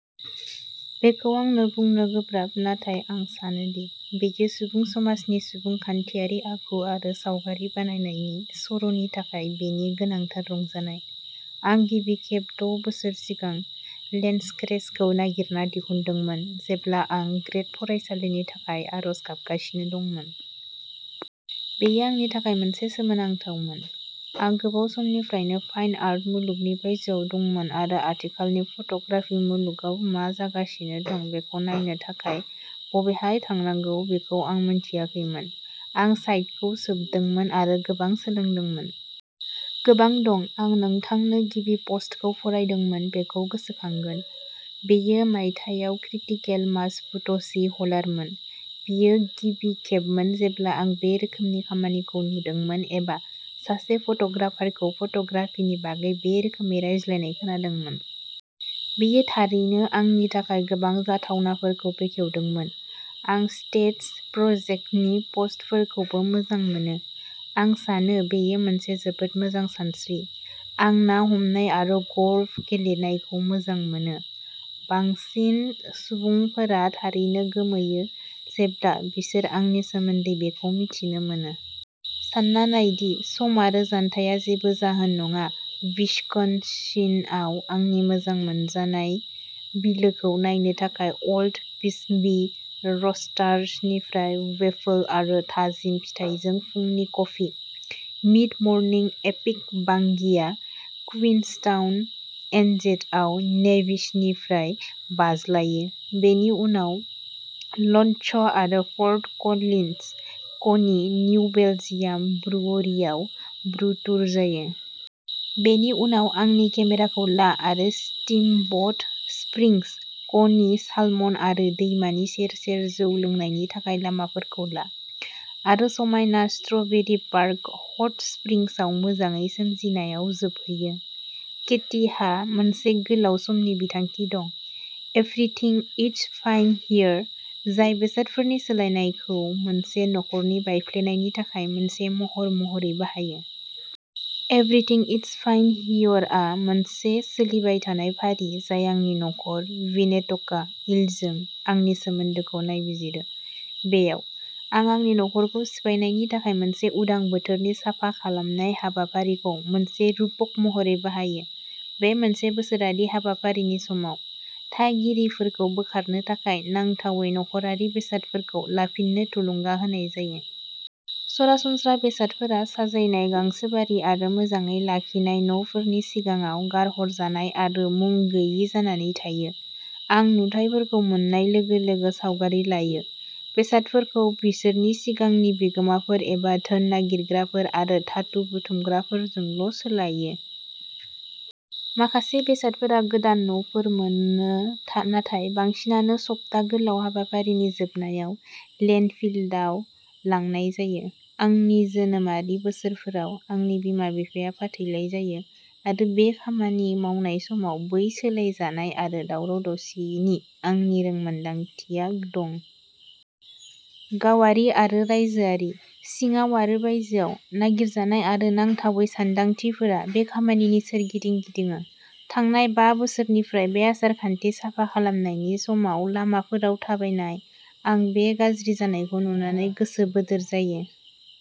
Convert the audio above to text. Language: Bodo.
बेखौ आंनो बुंनो गोब्राब नाथाय आं सानो दि बेयो सुबुं समाजनि सुबुंखान्थियारि आखु आरो सावगारि बानायनायनि सर'नि थाखाय बेनि गोनांथार रंजानाय। आं गिबि खेब द' बोसोर सिगां लेन्सक्रेचखौ नागिरना दिहुनदोंमोन जेब्ला आं ग्रेद फरायसालिनि थाखाय आर'ज गाबगासिनो दंमोन। बेयो आंनि थाखाय मोनसे सोमोनांथावमोन। आं गोबाव समनिफ्रायनो फाइन आर्ट मुलुगनि बायजोआव दंमोन आरो आथिखालनि फट'ग्राफि मुलुगाव मा जागासिनो दं बेखौ नायनो थाखाय बबेहाय थांनांगौ बेखौ आं मिन्थियाखैमोन। आं साइटखौ सोबदोंमोन आरो गोबां सोलोंदोंमोन। गोबां दं आं नोंथांनो गिबि पस्टखौ फरायदोंमोन बेखौ गोसोखांगोन। बेयो मायथाइयाव क्रिटिकल मास बुटसि हलारमोन। बेयो गिबि खेबमोन जेब्ला आं बे रोखोमनि खामानिखौ नुदोंमोन एबा सासे फट'ग्राफारखौ फट'ग्राफिनि बागै बे रोखोमै रायज्लायनाय खोनादोंमोन। बेयो थारैनो आंनि थाखाय गोबां जाथावनाफोरखौ बेखेवदोंमोन। आं स्टेट्स प्रजेक्टनि पस्टफोरखौबो मोजां मोनो। आं सानो बेयो मोनसे जोबोद मोजां सानस्रि। आं ना हमनाय आरो गल्फ गेलेनायखौ मोजां मोनो। बांसिन सुबुंफोरा थारैनो गोमोयो जेब्ला बिसोर आंनि सोमोन्दै बेखौ मिथिनो मोनो। सानना नाय दि सम आरो जानथाया जेबो जाहोन नङा विस्कन्सिनआव आंनि मोजां मोनजानाय बिलोखौ नायनो थाखाय अल्ड बिस्बी रस्टार्सनिफ्राय वेफल आरो थाजिम फिथाइजों फुंनि कफि। मिड-मर्निं एपिक बांगिआ क्वीन्सटाउन, एनजेडआव नेभिसनिफ्राय बाज्लायो। बिनि उनाव लञ्च आरो फर्ट कलिन्स, क'नि निउ बेलजियाम ब्रुअरीआव ब्रु टुर जायो। बेनि उनाव आंनि केमेराखौ ला आरो स्टीमब'ट स्प्रिंग्स, क'नि सालमन आरो दैमानि सेर-सेर जौ लोंनायनि थाखाय लामाफोरखौ ला। आरो समायना स्ट्रबेरी पार्क हट स्प्रिंग्सआव मोजाङै सोमजिनायाव जोबहैयो। केटीहा मोनसे गोलाव समनि बिथांखि दं, एभ्रिथिं इज फाइन हियर, जाय बेसादफोरनि सोलायनायखौ मोनसे नखरनि बायफ्लेनायनि थाखाय मोनसे महर महरै बाहायो। एभ्रिथिं इज फाइन हियरआ मोनसे सोलिबाय थानाय फारि जाय आंनि न'खर, विनेटका, इलजों आंनि सोमोन्दोखौ नायबिजिरो। बेयाव। आं आंनि नख'रखौ सिफायनायनि थाखाय मोनसे उदां बोथोरनि साफा खालामनाय हाबाफारिखौ मोनसे रुपक महरै बाहायो। बे मोनसे बोसोरारि हाबाफारिनि समाव, थागिरिफोरखौ बोखारनो थाखाय नांथावै नख'रारि बेसादफोरखौ लांफिननो थुलुंगा होनाय जायो। सरासनस्रा बेसादफोरा साजायनाय गांसोबारि आरो मोजाङै लाखिनाय न'फोरनि सिगाङाव गारहरजानाय आरो मुं गोयि जानानै थायो। आं नुथाइफोरखौ मोन्नाय लोगो लोगो सावगारि लायो। बेसादफोरखौ बिसोरनि सिगांनि बिगोमाफोर एबा धोन नागिरग्राफोर आरो धातु बुथुमग्राफोरजोंल' सोलायो। माखासे बेसादफोरा गोदान न'फोर मोनो था नाथाय बांसिनानो सप्ता गोलाव हाबाफारिनि जोबनायाव लेन्डफिलआव लांनाय जायो। आंनि जोनोमारि बोसोरफोराव, आंनि बिमा-बिफाया फाथैलाइ जायो आरो बे खामानि मावनाय समाव बै सोलायजानाय आरो दावराव-दावसिनि आंनि रोंमोनदांथिया दं। गावारि आरो रायजोआरि, सिङाव आरो बायजोआव, नागिरजानाय आरो नांथावै सानदांथिफोरा बे खामानिनि सोरगिदिं गिदिङो। थांनाय बा बोसोरनिफ्राय बे आसार-खान्थि साफा खालामनायनि समाव लामाफोराव थाबायनाय, आं बे गाज्रि जानायखौ नुनानै गोसो बोदोर जायो।